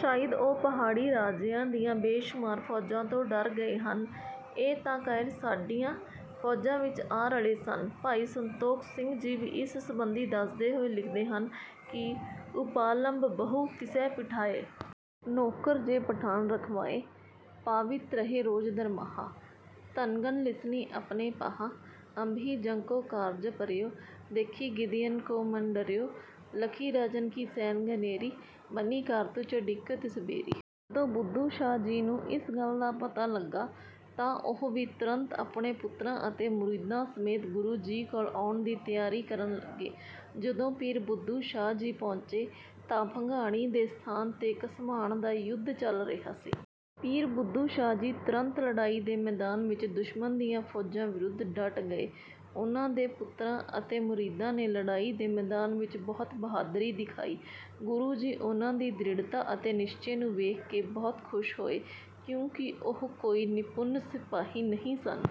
ਸ਼ਾਇਦ ਉਹ ਪਹਾੜੀ ਰਾਜਿਆਂ ਦੀਆਂ ਬੇਸ਼ੁਮਾਰ ਫੌਜ਼ਾਂ ਤੋਂ ਡਰ ਗਏ ਹਨ। ਇਹ ਤਾਂ ਕਾਇਰ ਸਾਡੀਆਂ ਫੌਜਾਂ ਵਿੱਚ ਆ ਰਲੇ ਸਨ। ਭਾਈ ਸੰਤੋਖ ਸਿੰਘ ਜੀ ਵੀ ਇਸ ਸੰਬੰਧੀ ਦੱਸਦੇ ਹੋਏ ਲਿਖਦੇ ਹਨ ਕਿ ਉਪਾਲੰਭ ਬਹੁ ਤਿਸੈ ਪਠਾਏ। ਨੌਕਰ ਜੇ ਪਠਾਨ ਰਖਵਾਏ। ਪਾਵਿਤ ਰਹੇ ਰੋਜ਼ ਦਰਮਾਹਾ। ਧਨ ਗਨ ਲੀਨਸਿ ਅਪਨੇ ਪਾਹਾ। ਅਬਹਿ ਜੰਗ ਕੋ ਕਾਰਜ ਪਰ੍ਯੋ। ਦੇਖਿ ਗੀਦੀਅਨ ਕੋ ਮਨ ਡਰ੍ਯੋ। ਲਖਿ ਰਾਜਨ ਕੀ ਸੈਨ ਘਨੇਰੀ। ਬਨਿ ਕਾਤੁਰ ਚਢਿਗੇ ਤਿਸ ਬੇਰੀ। ਜਦੋਂ ਬੁੱਧੂ ਸ਼ਾਹ ਜੀ ਨੂੰ ਇਸ ਗੱਲ ਦਾ ਪਤਾ ਲੱਗਾ ਤਾਂ ਉਹ ਵੀ ਤੁਰੰਤ ਆਪਣੇ ਪੁੱਤਰਾਂ ਅਤੇ ਮੁਰੀਦਾਂ ਸਮੇਤ ਗੁਰੂ ਜੀ ਕੋਲ ਆਉਣ ਦੀ ਤਿਆਰੀ ਕਰਨ ਲੱਗੇ। ਜਦੋਂ ਪੀਰ ਬੁੱਧੂ ਸ਼ਾਹ ਜੀ ਪਹੁੰਚੇ ਤਾਂ ਭੰਗਾਣੀ ਦੇ ਸਥਾਨ ਤੇ ਘਮਸਾਣ ਦਾ ਯੁੱਧ ਚੱਲ ਰਿਹਾ ਸੀ। ਪੀਰ ਬੁੱਧੂ ਸ਼ਾਹ ਜੀ ਤੁਰੰਤ ਲੜਾਈ ਦੇ ਮੈਦਾਨ ਵਿੱਚ ਦੁਸ਼ਮਣ ਦੀਆਂ ਫੌਜਾਂ ਵਿਰੁੱਧ ਡਟ ਗਏ। ਉਨ੍ਹਾਂ ਦੇ ਪੁੱਤਰਾਂ ਅਤੇ ਮੁਰੀਦਾਂ ਨੇ ਲੜਾਈ ਦੇ ਮੈਦਾਨ ਵਿੱਚ ਬਹੁਤ ਬਹਾਦਰੀ ਦਿਖਾਈ। ਗੁਰੂ ਜੀ ਉਨ੍ਹਾਂ ਦੀ ਦ੍ਰਿੜ੍ਹਤਾ ਅਤੇ ਨਿਸ਼ਚੇ ਨੂੰ ਵੇਖ ਕੇ ਬਹੁਤ ਖੁਸ਼ ਹੋਏ, ਕਿਉਂਕਿ ਉਹ ਕੋਈ ਨਿਪੁੰਨ ਸਿਪਾਹੀ ਨਹੀਂ ਸਨ।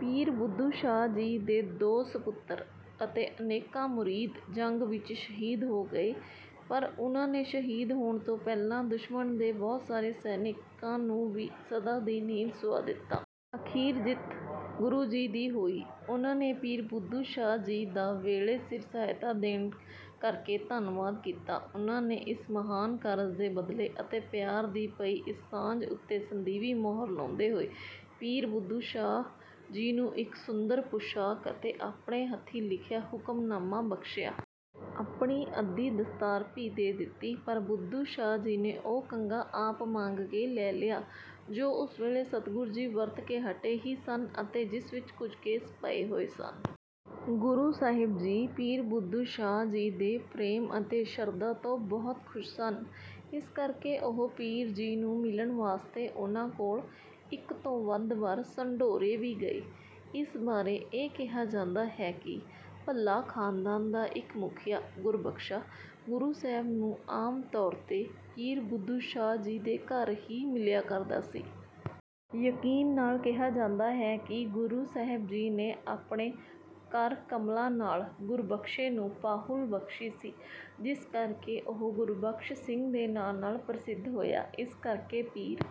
ਪੀਰ ਬੁੱਧੂ ਸ਼ਾਹ ਜੀ ਦੇ ਦੋ ਸਪੁੱਤਰ ਅਤੇ ਅਨੇਕਾਂ ਮੁਰੀਦ ਜੰਗ ਵਿੱਚ ਸ਼ਹੀਦ ਹੋ ਗਏ| ਪਰ ਉਨ੍ਹਾਂ ਨੇ ਸ਼ਹੀਦ ਹੋਣ ਤੋਂ ਪਹਿਲਾਂ ਦੁਸ਼ਮਣ ਦੇ ਬਹੁਤ ਸਾਰੇ ਸੈਨਿਕਾਂ ਨੂੰ ਵੀ ਸਦਾ ਦੀ ਨੀਂਦ ਸੁਆ ਦਿੱਤਾ। ਅਖੀਰ ਜਿੱਤ ਗੁਰੂ ਜੀ ਦੀ ਹੋਈ। ਉਨ੍ਹਾਂ ਨੇ ਪੀਰ ਬੁੱਧੂ ਸ਼ਾਹ ਜੀ ਦਾ ਵੇਲੇ ਸਿਰ ਸਹਾਇਤਾ ਦੇਣ ਕਰਕੇ ਧੰਨਵਾਦ ਕੀਤਾ। ਉਨ੍ਹਾਂ ਨੇ ਇਸ ਮਹਾਨ ਕਾਰਜ ਦੇ ਬਦਲੇ ਅਤੇ ਪਿਆਰ ਦੀ ਪਈ ਇਸ ਸਾਂਝ ਉਂਤੇ ਸਦੀਵੀ ਮੋਹਰ ਲਾਉਂਦੇ ਹੋਏ, ਪੀਰ ਬੁੱਧੂ ਸ਼ਾਹ ਜੀ ਨੂੰ ਇਕ ਸੁੰਦਰ ਪੁਸ਼ਾਕ ਅਤੇ ਇੱਕ ਆਪਣੇ ਹੱਥੀਂ ਲਿਖਿਆ ਹੁਕਮਨਾਮਾ ਬਖਸ਼ਿਆ। ਆਪਣੀ ਅੱਧੀ ਦਸਤਾਰ ਭੀ ਦੇ ਦਿੱਤੀ। ਪਰ ਬੁੱਧੂ ਸ਼ਾਹ ਜੀ ਨੇ ਉਹ ਕੰਘਾ ਆਪ ਮੰਗ ਕੇ ਲੈ ਲਿਆ, ਜੋ ਉਸ ਵੇਲੇ ਸਤਿਗੁਰੂ ਜੀ ਵਰਤ ਕੇ ਹਟੇ ਹੀ ਸਨ ਅਤੇ ਜਿਸ ਵਿੱਚ ਕੁਝ ਕੇਸ ਪਏ ਹੋਏ ਸਨ। ਗੁਰੂ ਸਾਹਿਬ ਜੀ ਪੀਰ ਬੁੱਧੂ ਸ਼ਾਹ ਜੀ ਦੇ ਪ੍ਰੇਮ ਅਤੇ ਸ਼ਰਧਾ ਤੋਂ ਬਹੁਤ ਖੁਸ਼ ਸਨ, ਇਸ ਕਰਕੇ ਉਹ ਪੀਰ ਜੀ ਨੂੰ ਮਿਲਣ ਵਾਸਤੇ ਉਨ੍ਹਾਂ ਕੋਲ, ਇੱਕ ਤੋਂ ਵੱਧ ਵਾਰ, ਸਢੌਰੇ ਵੀ ਗਏ। ਇਸ ਬਾਰੇ ਇਹ ਕਿਹਾ ਜਾਂਦਾ ਹੈ ਕਿ ਭੱਲਾ ਖਾਨਦਾਨ ਦਾ ਇੱਕ ਮੁਖੀਆ ਗੁਰਬਖਸ਼ਾ ਗੁਰੂ ਸਾਹਿਬ ਨੂੰ ਆਮ ਤੌਰ ਤੇ ਪੀਰ ਬੁੱਧੂ ਸ਼ਾਹ ਜੀ ਦੇ ਘਰ ਹੀ ਮਿਲਿਆ ਕਰਦਾ ਸੀ। ਯਕੀਨ ਨਾਲ ਕਿਹਾ ਜਾਂਦਾ ਹੈ ਕਿ ਗੁਰੂ ਸਾਹਿਬ ਜੀ ਨੇ ਆਪਣੇ ਕਰ-ਕਮਲਾਂ ਨਾਲ ਗੁਰਬਖਸ਼ੇ ਨੂੰ ਪਾਹੁਲ ਬਖਸ਼ੀ ਸੀ| ਜਿਸ ਕਰਕੇ ਉਹ ਗੁਰਬਖਸ਼ ਸਿੰਘ ਦੇ ਨਾਮ ਨਾਲ ਪ੍ਰਸਿੱਧ ਹੋਇਆ। ਇਸੇ ਕਰਕੇ ਪੀਰ